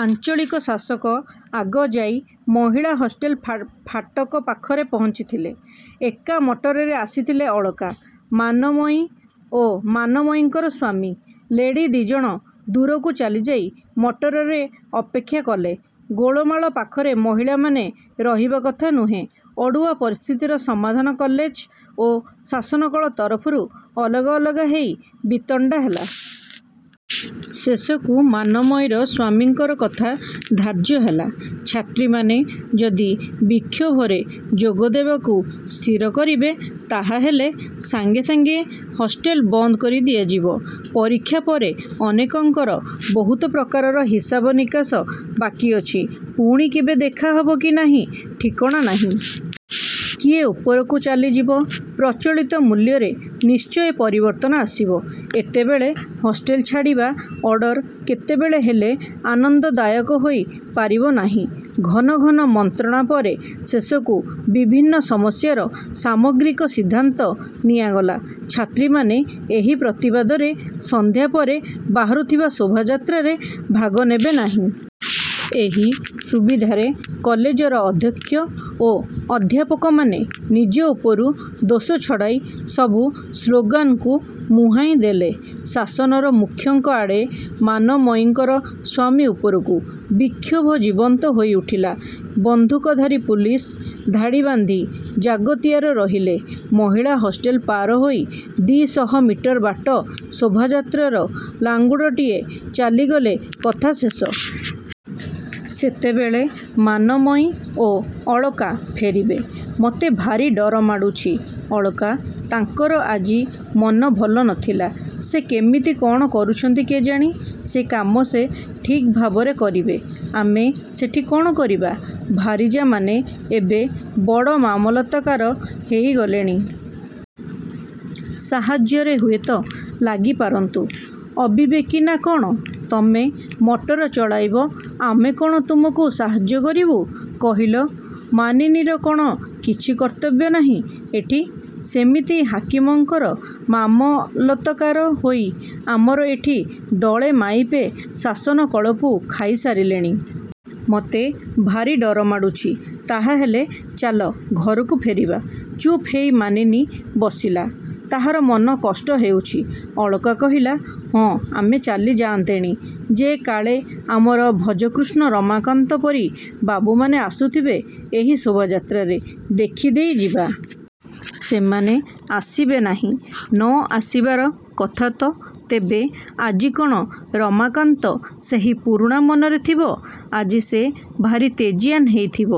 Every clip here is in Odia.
ଆଞ୍ଚଳିକ ଶାସକ ଆଗ ଯାଇ ମହିଳା ହଷ୍ଟେଲ ଫାଟକ ପାଖରେ ପହଞ୍ଚିଥିଲେ। ଏକା ମଟରରେ ଆସିଥିଲେ ଅଳକା, ମାନମୟୀ ଓ ମାନମୟୀଙ୍କର ସ୍ୱାମୀ। ଲେଡ଼ି ଦି'ଜଣ ଦୁରକୁ ଚାଲିଯାଇ ମଟରରେ ଅପେକ୍ଷା କଲେ। ଗୋଳମାଳ ପାଖରେ ମହିଳାମାନେ ରହିବା କଥା ନୁହେଁ। ଅଡ଼ୁଆ ପରିସ୍ଥିତିର ସମାଧାନ କଲେଜ ଓ ଶାସନକଳ ତରଫରୁ ଅଲଗା ଅଲଗା ହେଇ ବିତଣ୍ଡା ହେଲା। ଶେଷକୁ ମାନମୟୀର ସ୍ୱାମୀଙ୍କର କଥା ଧାର୍ଯ୍ୟ ହେଲା-ଛାତ୍ରୀମାନେ ଯଦି ବିକ୍ଷୋଭରେ ଯୋଗ ଦେବାକୁ ସ୍ଥିର କରିବେ ତାହାହେଲେ ସାଙ୍ଗେ ସାଙ୍ଗେ ହଷ୍ଟେଲ ବନ୍ଦ କରି ଦିଆଯିବ। ପରୀକ୍ଷା ପରେ ଅନେକଙ୍କର ବହୁତ ପ୍ରକାରର ହିସାବ-ନିକାଶ ବାକି ଅଛି। ପୁଣି କେବେ ଦେଖା ହବ କି ନାହିଁ ଠିକଣା ନାହିଁ। କିଏ ଉପରକୁ ଚାଲିଯିବ-ପ୍ରଚଳିତ ମୂଲ୍ୟରେ ନିଶ୍ଚୟ ପରିବର୍ତ୍ତନ ଆସିବ। ଏତେବେଳେ ହଷ୍ଟେଲ ଛାଡ଼ିବା ଅର୍ଡ଼ର କେତେବେଳେ ହେଲେ ଆନନ୍ଦଦାୟକ ହୋଇ ପାରିବ ନାହିଁ। ଘନ ଘନ ମନ୍ତ୍ରଣା ପରେ ଶେଷକୁ ବିଭିନ୍ନ ସମସ୍ୟାର ସାମଗ୍ରିକ ସିଦ୍ଧାନ୍ତ ନିଆଗଲା-ଛାତ୍ରୀମାନେ ଏହି ପ୍ରତିବାଦରେ ସନ୍ଧ୍ୟାପରେ ବାହାରୁଥିବା ଶୋଭାଯାତ୍ରାରେ ଭାଗ ନେବେ ନାହିଁ। ଏହି ସୁବିଧାରେ କଲେଜର ଅଧ୍ୟକ୍ଷ ଓ ଅଧ୍ୟାପକମାନେ ନିଜ ଉପରୁ ଦୋଷ ଛଡ଼ାଇ ସବୁ ସ୍ଳୋଗାନ୍କୁ ମୁହାଁଇ ଦେଲେ ଶାସନର ମୁଖ୍ୟଙ୍କ ଆଡ଼େ। -ମାନମୟୀଙ୍କର ସ୍ୱାମୀ ଉପରକୁ। ବିକ୍ଷୋଭ ଜୀବନ୍ତ ହୋଇ ଉଠିଲା। ବନ୍ଧୁକଧାରି ପୁଲିସ୍ ଧାଡ଼ିବାନ୍ଧି ଜାଗତିଆର ରହିଲେ-। ମହିଳା ହଷ୍ଟେଲ ପାର ହୋଇ ଦି'ଶହ ମିଟର ବାଟ ଶୋଭାଯାତ୍ରାର ଲାଙ୍ଗୁଡ଼ଟିଏ ଚାଲିଗଲେ କଥା ଶେଷ। ସେତେବେଳେ ମାନମୟୀ ଓ ଅଳକା ଫେରିବେ। -ମତେ ଭାରି ଡର ମାଡ଼ୁଛି, ଅଳକା। ତାଙ୍କର ଆଜି ମନ ଭଲ ନ ଥିଲା। ସେ କେମିତି କ'ଣ କରୁଛନ୍ତି କେଜାଣି। -ସେ କାମ ସେ ଠିକ୍ ଭାବରେ କରିବେ। ଆମେ ସେଠି କ'ଣ କରିବା? ଭାରିଯାମାନେ ଏବେ ବଡ଼ ମାମଲତକାର ହେଇଗଲେଣି। -ସାହାଯ୍ୟରେ ହୁଏ ତ ଲାଗିପାରନ୍ତୁ। -ଅବିବେକି ନା କ'ଣ? ତମେ ମଟର ଚଳାଇବ। ଆମେ କ'ଣ ତୁମକୁ ସାହାଯ୍ୟ କରିବୁ? କହିଲ? -ମାନିନୀର କ'ଣ କିଛି କର୍ତ୍ତବ୍ୟ ନାହିଁ ଏଠି? -ସେମିତି ହାକିମଙ୍କର ମାମଲତକାର ହୋଇ ଆମର ଏଠି ଦଳେ ମାଇପେ ଶାସନକଳକୁ ଖାଇ ସାରିଲେଣି। -ମତେ ଭାରି ଡର ମାଡ଼ୁଛି। -ତାହାହେଲେ ଚାଲ ଘରକୁ ଫେରିବା। ଚୁପ୍ ହେଇ ମାନିନୀ ବସିଲା। -ତାହାର ମନ କଷ୍ଟ ହେଉଛି। ଅଳକା କହିଲା-ହଁ ଆମେ ଚାଲି ଯାଆନ୍ତେଣି ଯେ, କାଳେ ଆମର ଭଜକୃଷ୍ଣ ରମାକାନ୍ତ ପରି ବାବୁମାନେ ଆସୁଥିବେ ଏହି ଶୋଭାଯାତ୍ରାରେ। ଦେଖିଦେଇ ଯିବା। -ସେମାନେ ଆସିବେ ନାହିଁ। -ନ ଆସିବାର କଥା ତ। ତେବେ ଆଜି କ'ଣ ରମାକାନ୍ତ ସେହି ପୁରୁଣା ମନରେ ଥିବ-? ଆଜି ସେ ଭାରି ତେଜିଆନ ହେଇଥିବ।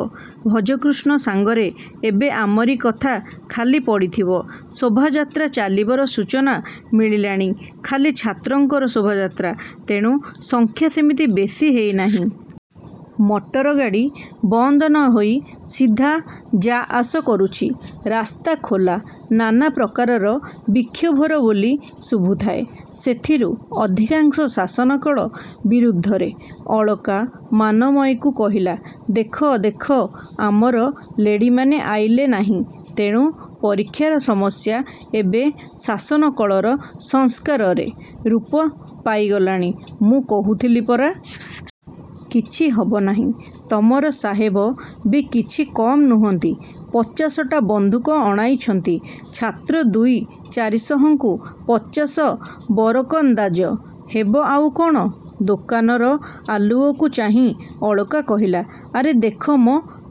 ଭଜକୃଷ୍ଣ ସାଙ୍ଗରେ ଏବେ ଆମରି କଥା ଖାଲି ପଡ଼ିଥିବ-। ଶୋଭାଯାତ୍ରା ଚାଲିବାର ସୂଚନା ମିଳିଲାଣି। ଖାଲି ଛାତ୍ରଙ୍କର ଶୋଭାଯାତ୍ରା-ତେଣୁ ସଂଖ୍ୟା ସେମିତି ବେଶି ହେଇ ନାହିଁ। ମଟରଗାଡ଼ି ବନ୍ଦ ନ ହୋଇ ସିଧା ଯାଆସ କରୁଛି। ରାସ୍ତା ଖୋଲା। ନାନା ପ୍ରକାରର ବିକ୍ଷୋଭର ବୋଲି ଶୁଭୁଥାଏ-ସେଥିରୁ ଅଧିକାଂଶ ଶାସନକଳ ବିରୁଦ୍ଧରେ। ଅଳକା, ମାନମୟୀକୁ କହିଲା-ଦେଖ-ଦେଖ। ଆମର ଲେଡ଼ିମାନେ ଆଇଲେ ନାହିଁ। ତେଣୁ ପରୀକ୍ଷାର ସମସ୍ୟା ଏବେ ଶାସନକଳର ସଂସ୍କାରରେ ରୂପ ପାଇଗଲାଣି -ମୁଁ କହୁଥିଲି ପରା। -କିଛି ହବ ନାହିଁ। ତମର ସାହେବ ବି କିଛି କମ୍ ନୁହନ୍ତି। ପଚାଶଟା ବନ୍ଧୁକ ଅଣାଇଛନ୍ତି। ଛାତ୍ର ଦୁଇ ଚାରିଶହଙ୍କୁ ପଚାଶ ବରକନ୍ଦାଜ-ହେବ ଆଉ କ'ଣ? ଦୋକାନର ଆଲୁଅକୁ ଚାହିଁ ଅଳକା କହିଲା-ଆରେ ଦେଖମ।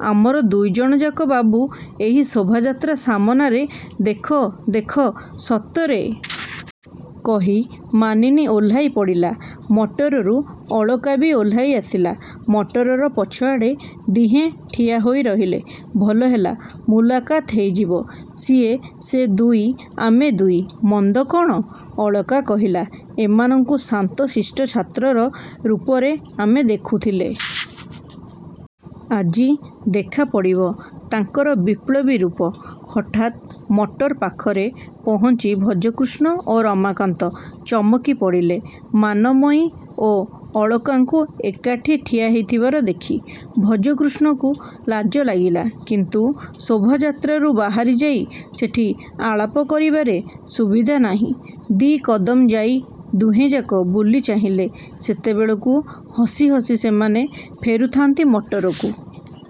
ଆମର ଦୁଇ ଜଣଯାକ ବାବୁ ଏହି ଶୋଭାଯାତ୍ରା ସାମନାରେ-ଦେଖ-ଦେଖ। -ସତରେ? -କହି ମାନିନୀ ଓହ୍ଲାଇ ପଡ଼ିଲା ମଟରରୁ ଅଳକା ବି ଓହ୍ଲାଇ ଆସିଲା। ମଟରର ପଛଆଡ଼େ ଦିହେଁ ଠିଆ ହୋଇ ରହିଲେ। -ଭଲ ହେଲା। ମୁଲାକାତ୍ ହେଇଯିବ। ସିଏ ସେ ଦୁଇ-ଆମେ ଦୁଇ। ମନ୍ଦ କ'ଣ? ଅଳକା କହିଲା-ଏମାନଙ୍କୁ ଶାନ୍ତ ଶିଷ୍ଟ ଛାତ୍ରର ରୂପରେ ଆମେ ଦେଖୁଥିଲେ। ଆଜି ଦେଖାପଡ଼ିବ ତାଙ୍କର ବିପ୍ଳବୀ ରୂପ। ହଠାତ୍ ମଟର ପାଖରେ ପହଞ୍ଚି ଭଜକୃଷ୍ଣ ଓ ରମାକାନ୍ତ ଚମକି ପଡ଼ିଲେ-ମାନମୟୀ ଓ ଅଳକାଙ୍କୁ ଏକାଠି ଠିଆ ହେଇଥିବାର ଦେଖି। ଭଜକୃଷ୍ଣଙ୍କୁ ଲାଜ ଲାଗିଲା। କିନ୍ତୁ ଶୋଭାଯାତ୍ରାରୁ ବାହାରି ଯାଇ ସେଠି ଆଳାପ କରିବାରେ ସୁବିଧା ନାହିଁ। ଦି'କଦମ୍ ଯାଇ ଦୁହେଁଯାକ ବୁଲି ଚାହିଁଲେ-ସେତେବେଳକୁ ହସି ହସି ସେମାନେ ଫେରୁଥାନ୍ତି ମଟରକୁ।